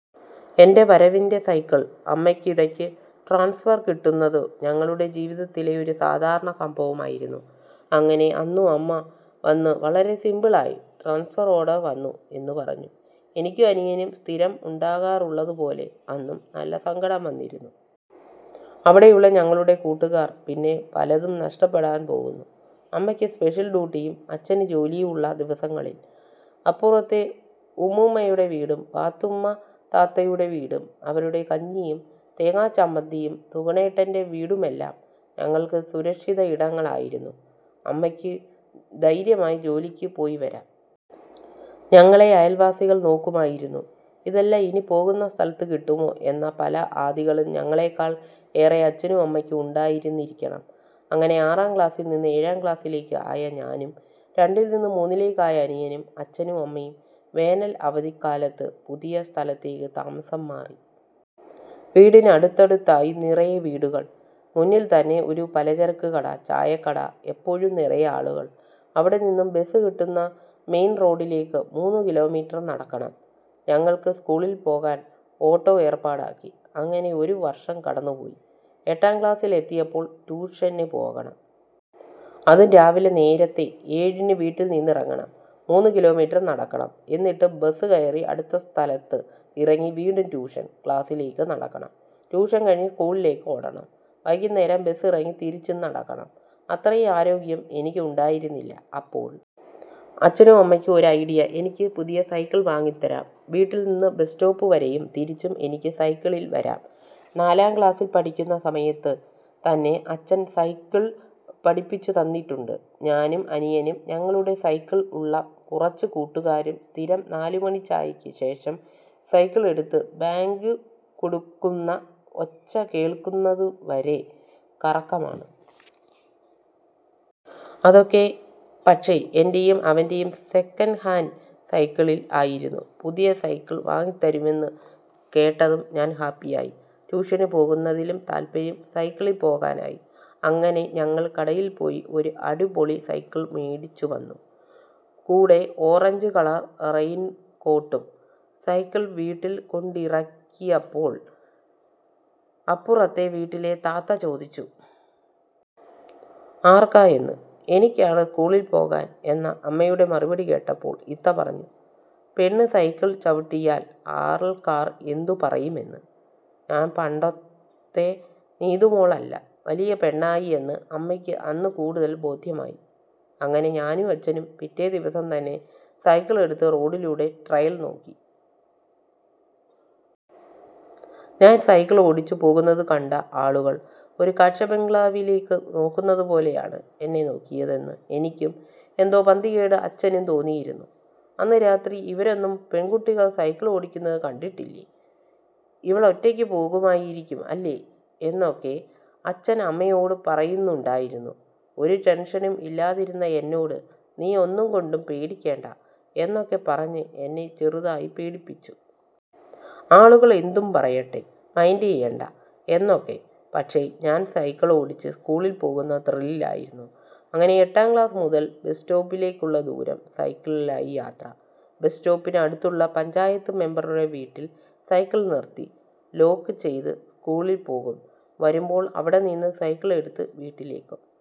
എൻ്റെ വരവിൻ്റെ സൈക്കിൾ അമ്മയ്ക്ക് ഇടയ്ക്ക് ട്രാൻസ്ഫർ കിട്ടുന്നത് ഞങ്ങളുടെ ജീവിതത്തിലെ ഒരു സാധാരണ സംഭവം ആയിരുന്നു. അങ്ങനെ അന്നും അമ്മ വന്ന് വളരെ സിംപിൾ ആയി ട്രാൻസ്ഫർ ഓർഡർ വന്നു എന്ന് പറഞ്ഞു. എനിക്കും അനിയനും സ്ഥിരം ഉണ്ടാകാറുള്ളതുപോലെ അന്നും നല്ല സങ്കടം വന്നിരുന്നു. അവിടെ ഉള്ള ഞങ്ങളുടെ കൂട്ടുകാർ പിന്നെ പലതും നഷ്ടപ്പെടാൻ പോകുന്നു. അമ്മയ്ക്ക് സ്പെഷ്യൽ ഡ്യൂട്ടിയും അച്ഛന് ജോലിയും ഉള്ള ദിവസങ്ങളിൽ അപ്പുറത്തെ ഉമ്മുമ്മയുടെ വീടും പാത്തുമ്മ താത്തയുടെ വീടും അവരുടെ കഞ്ഞിയും തേങ്ങാ ചമ്മന്തിയും സുഗുണേട്ടൻ്റെ വീടുമെല്ലാം ഞങ്ങൾക്ക് സുരക്ഷിത ഇടങ്ങൾ ആയിരുന്നു. അമ്മയ്ക്ക് ധൈര്യമായി ജോലിക്ക് പോയിവരാം. ഞങ്ങളെ അയൽവാസികൾ നോക്കുമായിരുന്നു. ഇതെല്ലാം ഇനി പോകുന്ന സ്ഥലത്ത് കിട്ടുമോ എന്ന പല ആധികളും ഞങ്ങളെക്കാൾ ഏറെ അച്ഛനും അമ്മയ്ക്കും ഉണ്ടായിരുന്നിരിക്കണം. അങ്ങനെ ആറാം ക്ലാസിൽ നിന്ന് ഏഴാം ക്ലാസിലേക്ക് ആയ ഞാനും രണ്ടിൽ നിന്ന് മൂന്നിലേക്ക് ആയ അനിയനും അച്ഛനും അമ്മയും വേനൽ അവധിക്കാലത്ത് പുതിയ സ്ഥലത്തേക്ക് താമസം മാറി. വീടിന് അടുത്തടുത്തായി നിറയെ വീടുകൾ. മുന്നിൽ തന്നെ ഒരു പലചരക്ക് കട, ചായക്കട, എപ്പോഴും നിറയെ ആളുകൾ. അവിടെനിന്നും ബസ് കിട്ടുന്ന മെയിൻ റോഡിലേക്ക് മൂന്ന് കിലോമീറ്റർ നടക്കണം. ഞങ്ങൾക്ക് സ്കൂളിൽ പോകാൻ ഓട്ടോ ഏർപ്പാടാക്കി. അങ്ങനെ ഒരു വർഷം കടന്നുപോയി. എട്ടാം ക്ലാസിൽ എത്തിയപ്പോൾ ട്യൂഷന് പോകണം. അതും രാവിലെ നേരത്തെ ഏഴിന് വീട്ടിൽ നിന്ന് ഇറങ്ങണം. മൂന്ന് കിലോമീറ്റർ നടക്കണം. എന്നിട്ട് ബസ് കയറി അടുത്ത സ്ഥലത്ത് ഇറങ്ങി വീണ്ടും ട്യൂഷൻ ക്ലാസിലേക്ക് നടക്കണം. ട്യൂഷൻ കഴിഞ്ഞ് സ്കൂളിലേക്ക് ഓടണം. വൈകുന്നേരം ബസ് ഇറങ്ങി തിരിച്ചും നടക്കണം. അത്രയും ആരോഗ്യം എനിക്ക് ഉണ്ടായിരുന്നില്ല. അപ്പോൾ അച്ഛനും അമ്മയ്ക്കും ഒരു ഐഡിയ. എനിക്ക് പുതിയ സൈക്കിൾ വാങ്ങിത്തരാം. വീട്ടിൽ നിന്ന് ബസ് സ്റ്റോപ്പ് വരെയും തിരിച്ചും എനിക്ക് സൈക്കിളിൽ വരാം. നാലാം ക്ലാസിൽ പഠിക്കുന്ന സമയത്ത് തന്നെ അച്ഛൻ സൈക്കിൾ പഠിപ്പിച്ചുതന്നിട്ടുണ്ട്. ഞാനും അനിയനും ഞങ്ങളുടെ സൈക്കിൾ ഉള്ള കുറച്ച് കൂട്ടുകാരും സ്ഥിരം നാല് മണി ചായയ്ക്ക് ശേഷം സൈക്കിൾ എടുത്ത് ബാങ്ക് കൊടുക്കുന്ന ഒച്ച കേൾക്കുന്നതുവരെ കറക്കമാണ്. അതൊക്കെ പക്ഷേ എൻ്റെയും അവൻ്റെയും സെക്കൻഡ് ഹാൻഡ് സൈക്കിളിൽ ആയിരുന്നു. പുതിയ സൈക്കിൾ വാങ്ങിത്തരുമെന്ന് കേട്ടതും ഞാൻ ഹാപ്പിയായി. ട്യൂഷന് പോകുന്നതിലും താൽപര്യം സൈക്കിളിൽ പോകാനായി. അങ്ങനെ ഞങ്ങൾ കടയിൽ പോയി ഒരു അടിപൊളി സൈക്കിൾ മേടിച്ചുവന്നു. കൂടെ ഓറഞ്ച് കളർ റെയിൻകോട്ടും. സൈക്കിൾ വീട്ടിൽ കൊണ്ടിറക്കിയപ്പോൾ അപ്പുറത്തെ വീട്ടിലെ താത്ത ചോദിച്ചു. ആർക്കാ എന്ന്. എനിക്കാണ് സ്കൂളിൽ പോകാൻ എന്ന അമ്മയുടെ മറുപടി കേട്ടപ്പോൾ ഇത്ത പറഞ്ഞു. പെണ്ണ് സൈക്കിൾ ചവിട്ടിയാൽ ആൾക്കാർ എന്ത് പറയും എന്ന്. ഞാൻ പണ്ടത്തെ നീതു മോൾ അല്ല, വലിയ പെണ്ണായി എന്ന് അമ്മയ്ക്ക് അന്ന് കൂടുതൽ ബോധ്യമായി. അങ്ങനെ ഞാനും അച്ഛനും പിറ്റേ ദിവസം തന്നെ സൈക്കിൾ എടുത്ത് റോഡിലൂടെ ട്രയൽ നോക്കി. ഞാൻ സൈക്കിൾ ഓടിച്ചു പോകുന്നത് കണ്ട ആളുകൾ ഒരു കാഴ്ചബംഗ്ലാവിലേക്ക് നോക്കുന്നതുപോലെയാണ് എന്നെ നോക്കിയതെന്ന് എനിക്കും എന്തോ പന്തികേട് അച്ഛനും തോന്നിയിരുന്നു. അന്ന് രാത്രി ഇവരൊന്നും പെൺകുട്ടികൾ സൈക്കിൾ ഓടിക്കുന്നത് കണ്ടിട്ടില്ലേ? ഇവൾ ഒറ്റയ്ക്ക് പോകുമായിരിക്കും അല്ലേ? എന്നൊക്കെ അച്ഛൻ അമ്മയോട് പറയുന്നുണ്ടായിരുന്നു. ഒരു ടെൻഷനും ഇല്ലാതിരുന്ന എന്നോട് നീ ഒന്നുകൊണ്ടും പേടിക്കണ്ട എന്നൊക്കെ പറഞ്ഞ് എന്നെ ചെറുതായി പേടിപ്പിച്ചു. ആളുകൾ എന്തും പറയട്ടെ, മൈൻഡ് ചെയ്യണ്ട എന്നൊക്കെ. പക്ഷേ ഞാൻ സൈക്കിൾ ഓടിച്ച് സ്കൂളിൽ പോകുന്ന ത്രില്ലിലായിരുന്നു. അങ്ങനെ എട്ടാം ക്ലാസ് മുതൽ ബസ് സ്റ്റോപ്പിലേക്കുള്ള ദൂരം സൈക്കിളിലായി യാത്ര. ബസ് സ്റ്റോപ്പിന് അടുത്തുള്ള പഞ്ചായത്ത് മെമ്പറുടെ വീട്ടിൽ സൈക്കിൾ നിർത്തി ലോക്ക് ചെയ്ത് സ്കൂളിൽ പോകും. വരുമ്പോൾ അവിടെ നിന്ന് സൈക്കിൾ എടുത്ത് വീട്ടിലേക്കും.